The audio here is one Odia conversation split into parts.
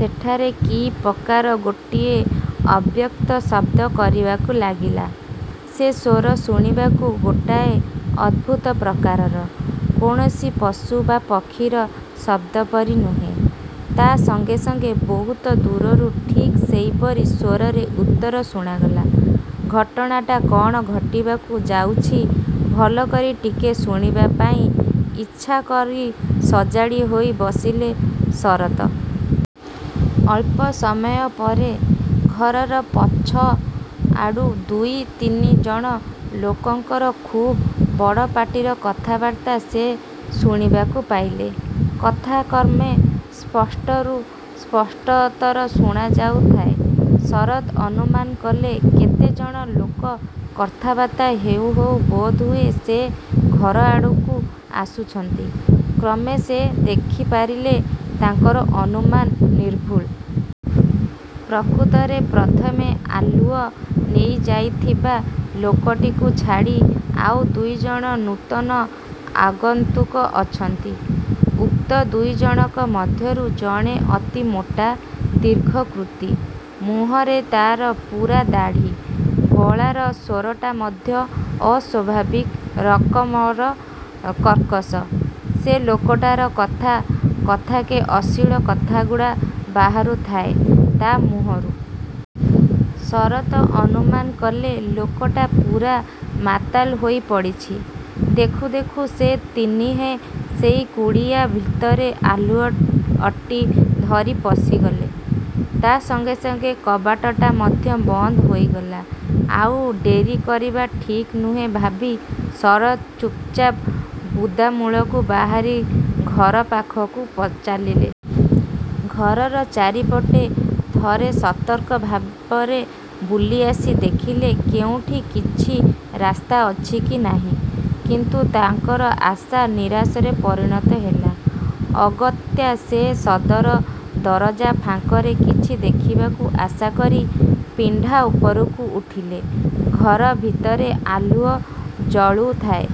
ସେଠାରେ କି ପ୍ରକାର ଗୋଟିଏ ଅବ୍ୟକ୍ତ ଶବ୍ଦ କରିବାକୁ ଲାଗିଲା। ସେ ସ୍ୱର ଶୁଣିବାକୁ ଗୋଟାଏ ଅଦ୍ଭୁତ ପ୍ରକାରର; କୌଣସି ପଶୁ ବା ପକ୍ଷୀର ଶବ୍ଦପରି ନୁହେଁ। ତା' ସଙ୍ଗେ ସଙ୍ଗେ ବହୁତ ଦୂରରୁ ଠିକ୍ ସେଇପରି ସ୍ୱରରେ ଉତ୍ତର ଶୁଣାଗଲା। ଘଟଣାଟା କ'ଣ ଘଟିବାକୁ ଯାଉଛି, ଭଲକରି ଟିକେ ଜାଣିବାପାଇଁ ଆଚ୍ଛାକରି ସଜାଡ଼ି ହୋଇ ବସିଲେ ଶରତ୍। ଅଳ୍ପ ସମୟ ପରେ ଘରର ପଛଆଡ଼ୁ ଦୁଇତିନି ଜଣ ଲୋକଙ୍କର ଖୁବ୍ ବଡ଼ପାଟିର କଥାବାର୍ତ୍ତା ସେ ଶୁଣିବାକୁ ପାଇଲେ। କଥା କ୍ରମେ ସ୍ପଷ୍ଟରୁ ସ୍ପଷ୍ଟତର ଶୁଣାଯାଉଥାଏ। ଶରତ୍ ଅନୁମାନ କଲେ, କେତେଜଣ ଲୋକ କଥାବାର୍ତ୍ତା ହେଉ ହେଉ ବୋଧହୁଏ ସେ। ଘର ଆଡ଼କୁ ଆସୁଛନ୍ତି। କ୍ରମେ ସେ ଦେଖିପାରିଲେ-ତାଙ୍କର ଅନୁମାନ ନିର୍ଭୁଲ। ପ୍ରକୃତରେ ପ୍ରଥମେ ଆଲୁଅ ନେଇଯାଇଥିବା ଲୋକଟିକୁ ଛାଡ଼ି ଆଉ ଦୁଇଜଣ ନୂତନ ଆଗନ୍ତୁକ ଅଛନ୍ତି। ଉକ୍ତ ଦୁଇଜଣକ ମଧ୍ୟରୁ ଜଣେ ଅତି ମୋଟା, ଦୀର୍ଘକୃତି। ମୁହଁରେ ତା'ର ପୂରା ଦାଢ଼ି। ଗଳାର ସ୍ୱରଟା ମଧ୍ୟ ଅସ୍ୱାଭାବିକ ରକମର କର୍କଶ। ସେ ଲୋକଟାର କଥା କଥାକେ ଅଶ୍ଳୀଳ କଥାଗୁଡ଼ା ବାହାରୁ ଥାଏ ତା' ମୁହଁରୁ। ଶରତ୍ ଅନୁମାନ କଲେ-ଲୋକଟା ପୂରା ମାତାଲ ହୋଇ ପଡ଼ିଛି। ଦେଖୁ ଦେଖୁ ସେ ତିନିହେଁ ସେଇ କୁଡ଼ିଆ ଭିତରେ ଆଲୁଅଟି ଧରି ପଶିଗଲେ। ତା ସଙ୍ଗେ ସଙ୍ଗେ କବାଟଟା ମଧ୍ୟ ବନ୍ଦ ହୋଇଗଲା। ଆଉ ଡେରି କରିବା ଠିକ୍ ନୁହେଁ ଭାବି ଶରତ୍ ଚୁପ୍ ଚାପ୍ ବୁଦାମୂଳରୁ ବାହାରି ଘର ପାଖକୁ ଚାଲିଲେ। ଘରର ଚାରିପଟେ ଥରେ ସତର୍କ ଭାବରେ ବୁଲିଆସି ଦେଖିଲେ କେଉଁଠି କିଛି ରାସ୍ତା ଅଛି କି ନାହିଁ। କିନ୍ତୁ ତାଙ୍କର ଆଶା ନିରାଶାରେ ପରିଣତ ହେଲା। ଅଗତ୍ୟା ସେ ସଦର ଦରଜା ଫାଙ୍କରେ କିଛି ଦେଖିବାକୁ ଆଶାକରି ପିଣ୍ଡା ଉପରକୁ ଉଠିଲେ। ଘର ଭିତରେ ଆଲୁଅ ଜଳୁଥାଏ।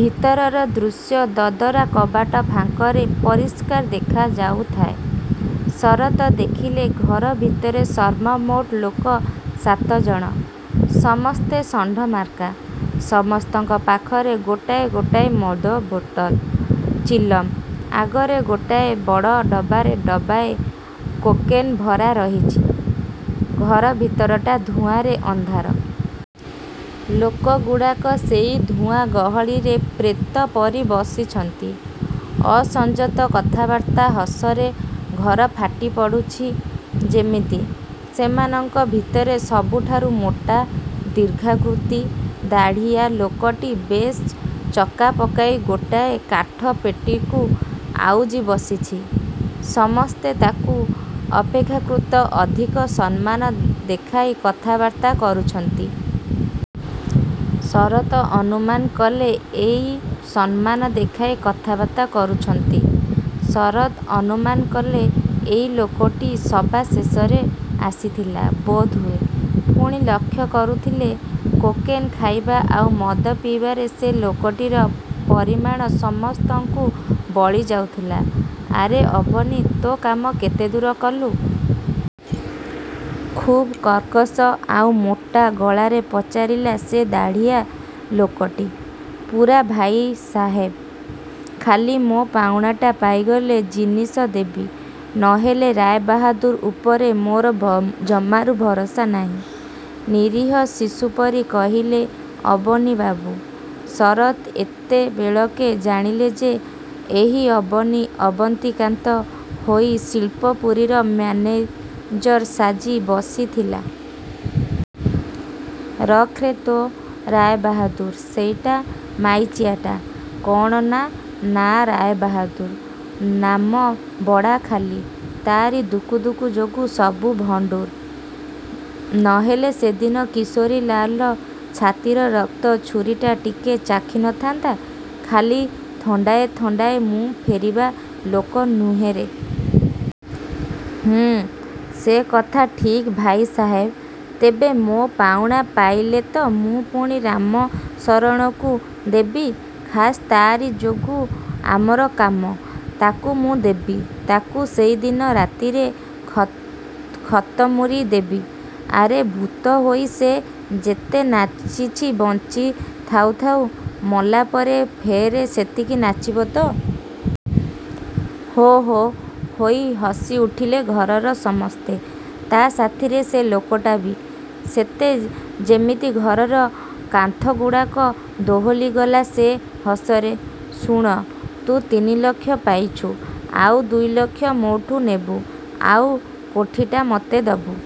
ଭିତରର ଦୃଶ୍ୟ ଦଦରା କବାଟ ଫାଙ୍କରେ ପରିଷ୍କାର ଦେଖାଯାଉଥାଏ। ଶରତ୍ ଦେଖିଲେ-ଘର ଭିତରେ ସର୍ବମୋଟ ଲୋକ ସାତଜଣ। ସମସ୍ତେ ଷଣ୍ଢ ମାର୍କା। ସମସ୍ତଙ୍କ ପାଖରେ ଗୋଟାଏ ଗୋଟାଏ ମଦ ବୋତଲ, ଚିଲମ୍। ଆଗରେ ଗୋଟାଏ ବଡ଼ ଡବାରେ ଡବାଏ କୋକେନ୍ ଭରା ରହିଛି, ଘର ଭିତରଟା ଧୂଆଁରେ ଅନ୍ଧାର। ଲୋକଗୁଡ଼ାକ ସେଇ ଧୂଆଁ ଗହଳିରେ ପ୍ରେତ ପରି ବସିଛନ୍ତି। ଅସଂଯତ କଥାବାର୍ତ୍ତା, ହସରେ ଘର ଫାଟି ପଡ଼ୁଛି ଯେମିତି-। ସେମାନଙ୍କ ଭିତରେ ସବୁଠାରୁ ମୋଟା, ଦୀର୍ଘାକୃତି, ଦାଢ଼ିଆ ଲୋକଟି ବେଶ୍ ଚକାପକାଇ ଗୋଟାଏ କାଠ ପେଟିକୁ ଆଉଜି ବସିଛି। ସମସ୍ତେ ତାକୁ ଅପେକ୍ଷାକୃତ ଅଧିକ ସମ୍ମାନ ଦେଖାଇ କଥାବାର୍ତ୍ତା କରୁଛନ୍ତି। ଶରତ୍ ଅନୁମାନ କଲେ, ଏଇ ସମ୍ମାନ ଦେଖାଇ କଥାବାର୍ତ୍ତା କରୁଛନ୍ତି। ଶରତ୍ ଅନୁମାନ କଲେ, ଏଇ ଲୋକଟି ସବା ଶେଷରେ ଆସିଥିଲା ବୋଧହୁଏ; ପୁଣି ଲକ୍ଷ୍ୟ କରୁଥିଲେ-କୋକେନ୍ ଖାଇବା ଆଉ ମଦ ପିଇବାରେ ସେ ଲୋକଟିର ପରିମାଣ ସମସ୍ତଙ୍କୁ ବଳି ଯାଉଥିଲା। ''ଆରେ ଅବନୀ! ତୋ କାମ କେତେ ଦୂର କଲୁ? '' ଖୁବ୍ କର୍କଶ ଆଉ ମୋଟା ଗଳାରେ ପଚାରିଲା ସେ ଦାଢ଼ିଆ ଲୋକଟି। ''ପୂରା ଭାଇ ସାହେବ! ଖାଲି ମୋ ପାଉଣାଟା ପାଇଗଲେ ଜିନିଷ ଦେବି। ନହେଲେ ରାୟବାହାଦୁର ଉପରେ ମୋର ଜମାରୁ ଭରସା ନାହିଁ। '' ନିରୀହ ଶିଶୁପରି କହିଲେ ଅବନୀବାବୁ। ଶରତ୍ ଏତେ ବେଳକେ ଜାଣିଲେ ଯେ-ଏହି ଅବନୀ ଅବନୀକାନ୍ତ ହୋଇ ଶିଳ୍ପପୁରୀର ମ୍ୟାନେଜର ସାଜି ବସିଥିଲା। ''ରଖ୍ରେ ତୋ ରାୟବାହାଦୁର। ସେଇଟା ମାଈଚିଆଟାଏ। କ'ଣ ନା, ନାଁ ରାୟବାହାଦୁର; ନାମ ବଡ଼ା ଖାଲି; ତା'ରି ଦୁକୁ ଦୁକୁ ଯୋଗୁ ସବୁ ଭଣ୍ଡୁର। ନହେଲେ ସେଦିନ କିଶୋରୀଲାଲର ଛାତିର ରକ୍ତ ଛୁରୀଟା ଟିକେ ଚାଖି ନଥାନ୍ତା? ଖାଲି ଥଣ୍ଡାଏ ଥଣ୍ଡାଏ ମୁଁ ଫେରିବା ଲୋକ ନୁହେଁରେ। ହୁଁ '' ''ସେ କଥା ଠିକ୍ ଭାଇ ସାହେବ! ତେବେ ମୋ ପାଉଣା ପାଇଲେତ ମୁଁ ପୁଣି ରାମ ଶରଣକୁ ଦେବି। ଖାସ୍ ତା'ରି ଯୋଗୁ ଆମର କାମ। '' ''ତାକୁ ମୁଁ ଦେବି; ତାକୁ ସେଇଦିନ ରାତିରେ ଖତମ୍କରି ଦେବି। ଆରେ, ଭୁତ ହୋଇ ସେ ଯେତେ ନାଚିଛି ବଞ୍ଚି ଥାଉ ଥାଉ, ମଲା ପରେ ଫେରେ ସେତିକି ନାଚିବ ତ! '' ହୋ ହୋ' ହୋଇ ହସି ଉଠିଲେ ଘରର ସମସ୍ତେ; ତା' ସାଥିରେ ସେ ଲୋକଟା ବି। ସତେ ଯେମିତି ଘରର କାନ୍ଥ ଗୁଡ଼ାକ ଦୋହଲିଗଲା ସେ ହସରେ। ''ଶୁଣ୍! ତୁ ତିନିଲକ୍ଷ ପାଇଛୁ। ଆଉ ଦୁଇଲକ୍ଷ ମୋଠୁ ନେବୁ ଆଉ କାଠିଟା ମତେ ଦବୁ-।